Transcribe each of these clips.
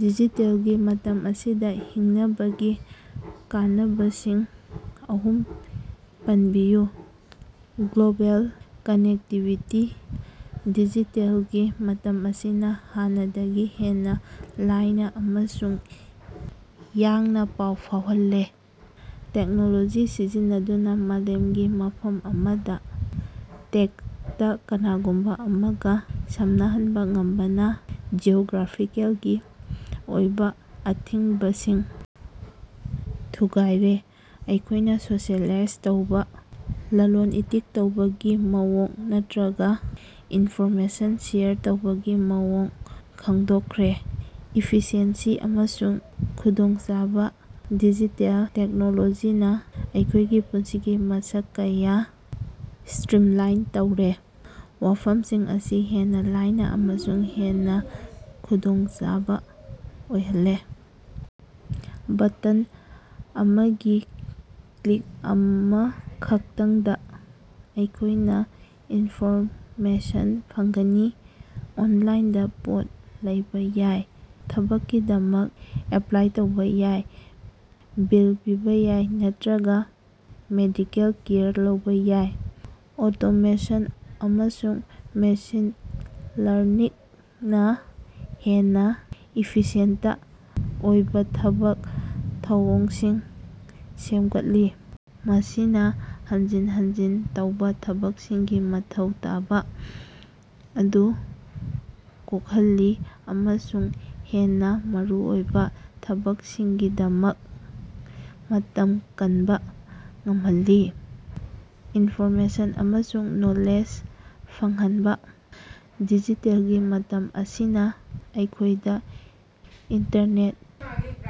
ꯗꯤꯖꯤꯇꯦꯜꯒꯤ ꯃꯇꯝ ꯑꯁꯤꯗ ꯍꯤꯡꯅꯕꯒꯤ ꯀꯥꯟꯅꯕꯁꯤꯡ ꯑꯍꯨꯝ ꯄꯟꯕꯤꯌꯨ꯫ ꯒ꯭ꯂꯣꯕꯦꯜ ꯀꯥꯅꯦꯛꯇꯤꯕꯤꯇꯤ - ꯗꯤꯖꯤꯇꯦꯜꯒꯤ ꯃꯇꯝ ꯑꯁꯤꯅ ꯍꯥꯟꯅꯗꯒꯤ ꯍꯦꯟꯅ ꯂꯥꯏꯅ ꯑꯃꯁꯨꯡ ꯌꯥꯡꯅ ꯄꯥꯎ ꯐꯥꯎꯅꯍꯜꯂꯦ꯫ ꯇꯦꯛꯅꯣꯂꯣꯖꯤ ꯁꯤꯖꯤꯟꯅꯗꯨꯅ ꯃꯥꯂꯦꯝꯒꯤ ꯃꯐꯝ ꯑꯃꯗ ꯍꯦꯛꯇ ꯀꯅꯥꯒꯨꯝꯕ ꯑꯃꯒ ꯁꯝꯅꯍꯟꯕ ꯉꯝꯕꯅ ꯖꯤꯑꯣꯒ꯭ꯔꯥꯐꯤꯀꯦꯜꯒꯤ ꯑꯣꯏꯕ ꯑꯊꯤꯡꯕꯁꯤꯡ ꯊꯨꯒꯥꯏꯔꯦ, ꯑꯩꯈꯣꯏꯅ ꯁꯣꯁꯤꯑꯦꯂꯥꯏꯖ ꯇꯧꯕ, ꯂꯥꯂꯣꯟ-ꯏꯇꯤꯛ ꯇꯧꯕꯒꯤ ꯃꯑꯣꯡ ꯅꯠꯇꯔꯒ ꯏꯟꯐꯣꯔꯃꯦꯁꯟ ꯁꯦꯌꯔ ꯇꯧꯕꯒꯤ ꯃꯑꯣꯡ ꯍꯣꯡꯗꯣꯛꯈ꯭ꯔꯦ꯫ ꯏꯐꯤꯁꯤꯑꯦꯟꯁꯤ ꯑꯃꯁꯨꯡ ꯈꯨꯗꯣꯡꯆꯥꯕ - ꯗꯤꯖꯤꯇꯦꯜ ꯇꯦꯛꯅꯣꯂꯣꯖꯤꯅ ꯑꯩꯈꯣꯏꯒꯤ ꯄꯨꯟꯁꯤꯒꯤ ꯃꯁꯛ ꯀꯌꯥ ꯁ꯭ꯇꯔꯤꯝꯂꯥꯏꯟ ꯇꯧꯔꯦ, ꯋꯥꯐꯝꯁꯤꯡ ꯑꯁꯤ ꯍꯦꯟꯅ ꯂꯥꯏꯅꯥ ꯑꯃꯁꯨꯡ ꯍꯦꯟꯅ ꯈꯨꯗꯣꯡꯆꯥꯕ ꯑꯣꯏꯍꯜꯂꯦ꯫ ꯕꯇꯟ ꯑꯃꯒꯤ ꯀ꯭ꯂꯤꯛ ꯑꯃꯈꯛꯇꯪꯗ ꯑꯩꯈꯣꯏꯅ ꯏꯟꯐꯣꯔꯃꯦꯁꯟ ꯐꯪꯒꯅꯤ, ꯑꯣꯟꯂꯥꯏꯟꯗ ꯄꯣꯠ ꯂꯩꯕ ꯌꯥꯏ, ꯊꯕꯛꯀꯤꯗꯃꯛ ꯑꯦꯄ꯭ꯂꯥꯏ ꯇꯧꯕ ꯌꯥꯏ, ꯕꯤꯜ ꯄꯤꯕ ꯌꯥꯏ ꯅꯠꯇꯔꯒ ꯃꯦꯗꯤꯀꯦꯜ ꯀꯦꯌꯔ ꯂꯧꯕ ꯌꯥꯏ꯫ ꯑꯣꯇꯣꯃꯦꯁꯟ ꯑꯃꯁꯨꯡ ꯃꯦꯁꯤꯟ ꯂꯔꯅꯤꯡꯅ ꯍꯦꯟꯅ ꯏꯐꯤꯁꯤꯌꯦꯟꯇ ꯑꯣꯏꯕ ꯊꯕꯛ ꯊꯧꯑꯣꯡꯁꯤꯡ ꯁꯦꯝꯒꯠꯂꯤ, ꯃꯁꯤꯅ ꯍꯟꯖꯤꯟ ꯍꯟꯖꯤꯟ ꯇꯧꯕ ꯊꯕꯛꯁꯤꯡꯒꯤ ꯃꯊꯧ ꯇꯥꯕ ꯑꯗꯨ ꯀꯣꯛꯍꯜꯂꯤ ꯑꯃꯁꯨꯡ ꯍꯦꯟꯅ ꯃꯔꯨꯑꯣꯏꯕ ꯊꯕꯛꯁꯤꯡꯒꯤꯗꯃꯛ ꯃꯇꯝ ꯀꯟꯕ ꯉꯝꯍꯜꯂꯤ꯫ ꯏꯟꯐꯣꯔꯃꯦꯁꯟ ꯑꯃꯁꯨꯡ ꯅꯣꯂꯦꯖ ꯐꯪꯍꯟꯕ - ꯗꯤꯖꯤꯇꯦꯜꯒꯤ ꯃꯇꯝ ꯑꯁꯤꯅ ꯑꯩꯈꯣꯏꯗ ꯏꯟꯇꯔꯅꯦꯠ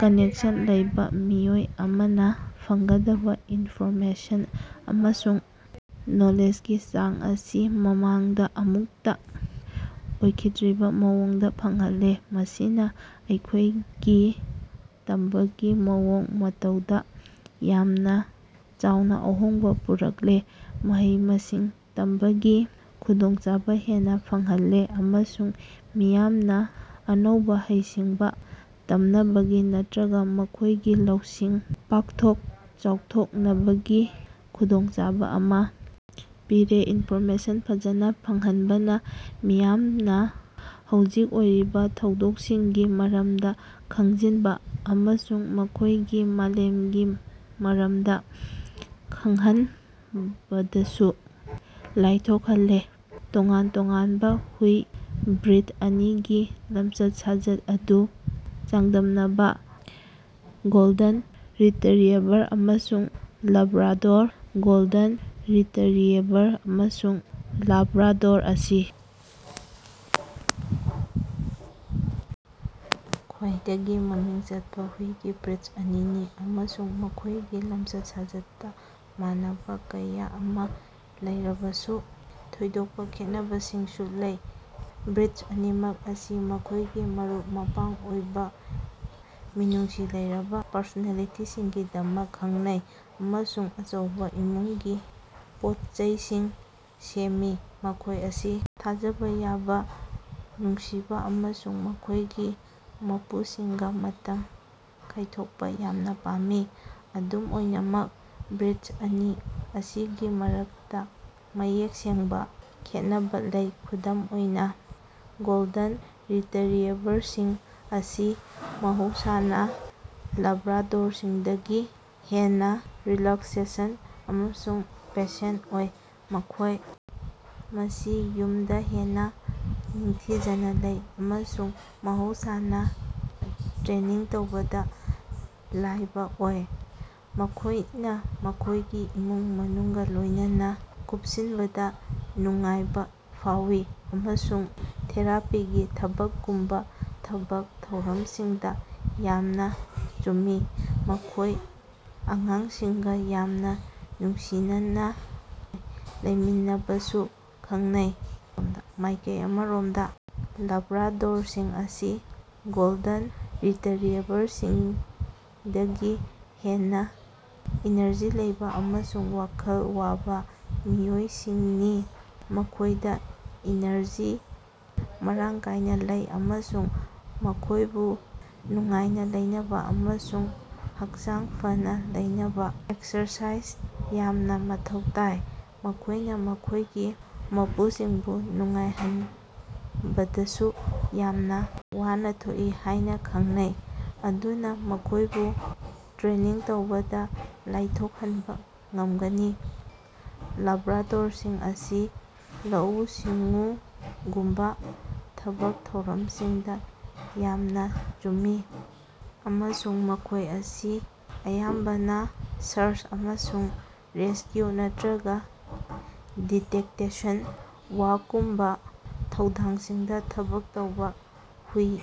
ꯀꯥꯅꯦꯛꯁꯟ ꯂꯩꯕ ꯃꯤꯑꯣꯏ ꯑꯃꯅ ꯐꯪꯒꯗꯕ ꯏꯟꯐꯣꯔꯃꯦꯁꯟ ꯑꯃꯁꯨꯡ ꯅꯣꯂꯦꯖꯒꯤ ꯆꯥꯡ ꯑꯁꯤ ꯃꯃꯥꯡꯗ ꯑꯃꯨꯛꯇ ꯑꯣꯏꯈꯤꯗ꯭ꯔꯤꯕ ꯃꯑꯣꯡꯗ ꯐꯪꯍꯜꯂꯦ꯫ ꯃꯁꯤꯅ ꯑꯩꯈꯣꯏꯒꯤ ꯇꯝꯕꯒꯤ ꯃꯑꯣꯡ ꯃꯇꯧꯗ ꯌꯥꯝꯅ ꯆꯥꯎꯅ ꯑꯍꯣꯡꯕ ꯄꯨꯔꯛꯂꯦ, ꯃꯍꯩ-ꯃꯁꯤꯡ ꯇꯝꯕꯒꯤ ꯈꯨꯗꯣꯡꯆꯥꯕ ꯍꯦꯟꯅ ꯐꯪꯍꯜꯂꯦ ꯑꯃꯁꯨꯡ ꯃꯤꯌꯥꯝꯅ ꯑꯅꯧꯕ ꯍꯩꯁꯤꯡꯕ ꯇꯝꯅꯕꯒꯤ ꯅꯠꯇꯔꯒ ꯃꯈꯣꯏꯒꯤ ꯂꯧꯁꯤꯡ ꯄꯥꯛꯊꯣꯛ-ꯆꯥꯎꯊꯣꯛꯅꯕꯒꯤ ꯈꯨꯗꯣꯡꯆꯥꯕ ꯑꯃ ꯄꯤꯔꯦ꯫ ꯏꯟꯐꯣꯔꯃꯦꯁꯟ ꯐꯖꯅ ꯐꯪꯍꯟꯕꯅꯥ ꯃꯤꯌꯥꯝꯅ ꯍꯧꯖꯤꯛ ꯑꯣꯏꯔꯤꯕ ꯊꯧꯗꯣꯛꯁꯤꯡꯒꯤ ꯃꯔꯝꯗ ꯈꯪꯖꯤꯟꯕ ꯑꯃꯁꯨꯡ ꯃꯈꯣꯏꯒꯤ ꯃꯥꯂꯦꯝꯒꯤ ꯃꯔꯝꯗ ꯈꯪꯍꯟꯕꯗꯁꯨ ꯂꯥꯏꯊꯣꯛꯍꯜꯂꯦ꯫ ꯇꯣꯉꯥꯟ-ꯇꯣꯉꯥꯟꯕ ꯍꯨꯏ ꯕ꯭ꯔꯤꯗ ꯑꯅꯤꯒꯤ ꯂꯝꯆꯠ-ꯁꯥꯖꯠ ꯑꯗꯨ ꯆꯥꯡꯗꯝꯅꯕ - ꯒꯣꯜꯗꯟ ꯔꯤꯇꯔꯤꯌꯦꯚꯔ ꯑꯃꯁꯨꯡ ꯂꯥꯕ꯭ꯔꯥꯗꯣꯔ꯫ ꯒꯣꯜꯗꯟ ꯔꯤꯇꯔꯤꯌꯦꯚꯔ ꯑꯃꯁꯨꯡ ꯂꯥꯕ꯭ꯔꯥꯗꯣꯔ ꯑꯁꯤ ꯈ꯭ꯋꯥꯏꯗꯒꯤ ꯃꯃꯤꯡ ꯆꯠꯄ ꯍꯨꯏꯒꯤ ꯕ꯭ꯔꯤꯗ ꯑꯅꯤꯅꯤ, ꯑꯃꯁꯨꯡ ꯃꯈꯣꯏꯒꯤ ꯂꯝꯆꯠ-ꯁꯥꯖꯠꯇ ꯃꯥꯟꯅꯕꯥ ꯀꯌꯥ ꯑꯃ ꯂꯩꯔꯕꯁꯨ, ꯊꯣꯏꯗꯣꯛꯄ ꯈꯦꯠꯅꯕꯁꯤꯡꯁꯨ ꯂꯩ꯫ ꯕ꯭ꯔꯤꯗ ꯑꯅꯤꯃꯛ ꯑꯁꯤ ꯃꯈꯣꯏꯒꯤ ꯃꯔꯨꯞ-ꯃꯄꯥꯡ ꯑꯣꯏꯕ, ꯃꯤꯅꯨꯡꯁꯤ ꯂꯩꯇꯔꯕꯥ ꯄꯔꯁꯣꯅꯦꯂꯤꯇꯤꯁꯤꯡꯒꯤꯗꯃꯛ ꯈꯪꯅꯩ ꯑꯃꯁꯨꯡ ꯑꯆꯧꯕ ꯏꯃꯨꯡꯒꯤ ꯄꯣꯠꯆꯩꯁꯤꯡ ꯁꯦꯝꯃꯤ꯫ ꯃꯈꯣꯏ ꯑꯁꯤ ꯊꯥꯖꯕꯥ ꯌꯥꯕ, ꯅꯨꯡꯁꯤꯕ ꯑꯃꯁꯨꯡ ꯃꯈꯣꯏꯒꯤ ꯃꯄꯨꯁꯤꯡꯒ ꯃꯇꯝ ꯀꯥꯏꯊꯣꯛꯄ ꯌꯥꯝꯅ ꯄꯥꯝꯃꯤ꯫ ꯑꯗꯨꯝ ꯑꯣꯏꯅꯃꯛ, ꯕ꯭ꯔꯤꯗ ꯑꯅꯤ ꯑꯁꯤꯒꯤ ꯃꯔꯛꯇ ꯃꯌꯦꯛ ꯁꯦꯡꯕ ꯈꯦꯠꯅꯕꯥ ꯂꯩ꯫ ꯈꯨꯗꯝ ꯑꯣꯏꯅ, ꯒꯣꯜꯗꯟ ꯔꯤꯇꯔꯤꯌꯦꯚꯔꯁꯤꯡ ꯑꯁꯤ ꯃꯍꯧꯁꯥꯅ ꯂꯥꯕ꯭ꯔꯥꯗꯣꯔꯁꯤꯡꯗꯒꯤ ꯍꯦꯟꯅ ꯔꯤꯂꯥꯛꯁꯦꯁꯟ ꯑꯃꯁꯨꯡ ꯄꯦꯁꯦꯟꯇ ꯑꯣꯏ꯫ ꯃꯈꯣꯏ ꯑꯁꯤ ꯌꯨꯝꯗ ꯍꯦꯟꯅ ꯅꯤꯡꯊꯤꯖꯅ ꯂꯩ, ꯑꯃꯁꯨꯡ ꯃꯍꯧꯁꯥꯅ ꯇ꯭ꯔꯦꯅꯤꯡ ꯇꯧꯕꯗꯥ ꯂꯥꯏꯕ ꯑꯣꯏ꯫ ꯃꯈꯣꯏꯅ ꯃꯈꯣꯏꯒꯤ ꯏꯃꯨꯡ-ꯃꯅꯨꯡꯒ ꯂꯣꯏꯅꯅ ꯀꯨꯞꯁꯤꯟꯕꯗꯥ ꯅꯨꯡꯉꯥꯏꯕ ꯐꯥꯎꯏ, ꯑꯃꯁꯨꯡ ꯊꯦꯔꯥꯄꯤꯒꯤ ꯊꯕꯛꯒꯨꯝꯕ ꯊꯕꯛ ꯊꯧꯔꯝꯁꯤꯡꯗ ꯌꯥꯝꯅ ꯆꯨꯝꯃꯤ꯫ ꯃꯈꯣꯏ ꯑꯉꯥꯡꯁꯤꯡꯒ ꯌꯥꯝꯅ ꯅꯨꯡꯁꯤꯅꯅꯥ ꯂꯩꯃꯤꯟꯅꯕꯁꯨ ꯈꯪꯅꯩ꯫ ꯃꯥꯏꯀꯩ ꯑꯃꯔꯣꯝꯗ ꯂꯥꯕ꯭ꯔꯥꯗꯣꯔꯁꯤꯡ ꯑꯁꯤ ꯒꯣꯜꯗꯟ ꯔꯤꯇꯔꯤꯌꯦꯚꯔꯁꯤꯡꯗꯒꯤ ꯍꯦꯟꯅ ꯏꯅꯔꯖꯤ ꯂꯩꯕ ꯑꯃꯁꯨꯡ ꯋꯥꯈꯜ ꯋꯥꯕ ꯃꯤꯑꯣꯏꯁꯤꯡꯅꯤ꯫ ꯃꯈꯣꯏꯗ ꯏꯅꯔꯖꯤ ꯃꯔꯥꯡ ꯀꯥꯏꯅ ꯂꯩ ꯑꯃꯁꯨꯡ ꯃꯈꯣꯏꯕꯨ ꯅꯨꯡꯉꯥꯏꯅ ꯂꯩꯅꯕꯥ ꯑꯃꯁꯨꯡ ꯍꯛꯆꯥꯡ ꯐꯅꯥ ꯂꯩꯅꯕꯥ ꯑꯦꯛꯁꯔꯁꯥꯏꯖ ꯌꯥꯝꯅ ꯃꯊꯧ ꯇꯥꯏ꯫ ꯃꯈꯣꯏꯅ ꯃꯈꯣꯏꯒꯤ ꯃꯄꯨꯁꯤꯡꯕꯨ ꯅꯨꯡꯉꯥꯏꯍꯟꯕꯗꯁꯨ ꯌꯥꯝꯅ ꯋꯥꯅ ꯊꯣꯛꯏ ꯍꯥꯏꯅ ꯈꯪꯅꯩ, ꯃꯗꯨꯅ ꯃꯈꯣꯏꯕꯨ ꯇ꯭ꯔꯦꯅꯤꯡ ꯇꯧꯕꯗ ꯂꯥꯏꯊꯣꯛꯍꯟꯕ ꯉꯝꯒꯅꯤ꯫ ꯂꯥꯕ꯭ꯔꯥꯗꯣꯔꯁꯤꯡ ꯑꯁꯤ ꯂꯧꯎ-ꯁꯤꯡꯎꯒꯨꯝꯕ ꯊꯕꯛ ꯊꯧꯔꯝꯁꯤꯡꯗ ꯌꯥꯝꯅ ꯆꯨꯝꯃꯤ, ꯑꯃꯁꯨꯡ ꯃꯈꯣꯏ ꯑꯁꯤ ꯑꯌꯥꯝꯕꯅ ꯁꯔꯆ ꯑꯃꯁꯨꯡ ꯔꯦꯁꯀ꯭ꯌꯨ ꯅꯠꯇꯔꯒ ꯗꯤꯇꯦꯛꯇꯦꯁꯟ ꯋꯥ꯭ꯔꯛꯒꯨꯝꯕ ꯊꯧꯗꯥꯡꯁꯤꯡꯗ ꯊꯕꯛ ꯇꯧꯕ ꯍꯨꯏ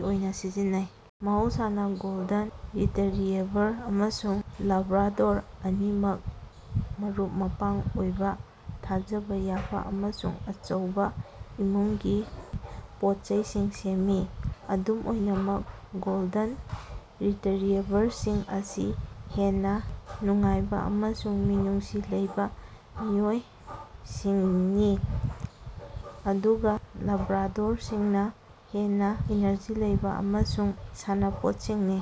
ꯑꯣꯏꯅ ꯁꯤꯖꯤꯟꯅꯩ꯫ ꯃꯍꯧꯁꯥꯅ, ꯒꯣꯜꯗꯟ ꯔꯤꯇꯔꯤꯌꯦꯚꯜ ꯑꯃꯁꯨꯡ ꯂꯥꯕ꯭ꯔꯥꯗꯣꯔ ꯑꯅꯤꯃꯛ ꯃꯔꯨꯞ-ꯃꯄꯥꯡ ꯑꯣꯏꯕ, ꯊꯥꯖꯕ ꯌꯥꯕ ꯑꯃꯁꯨꯡ ꯑꯆꯧꯕ ꯏꯃꯨꯡꯒꯤ ꯄꯣꯠꯆꯩꯁꯤꯡ ꯁꯦꯝꯃꯤ꯫ ꯑꯗꯨꯝ ꯑꯣꯏꯅꯃꯛ, ꯒꯣꯜꯗꯟ ꯔꯤꯇꯔꯤꯌꯦꯚꯔꯁꯤꯡ ꯑꯁꯤ ꯍꯦꯟꯅ ꯅꯨꯡꯉꯥꯏꯕ ꯑꯃꯁꯨꯡ ꯃꯤꯅꯨꯡꯁꯤ ꯂꯩꯕ ꯃꯤꯑꯣꯏꯁꯤꯡꯅꯤ, ꯑꯗꯨꯒ ꯂꯥꯕ꯭ꯔꯥꯗꯣꯔꯁꯤꯡꯅ ꯍꯦꯟꯅ ꯏꯅꯔꯖꯤ ꯂꯩꯕ ꯑꯃꯁꯨꯡ ꯁꯥꯟꯅꯄꯣꯠꯁꯤꯡꯅꯤ꯫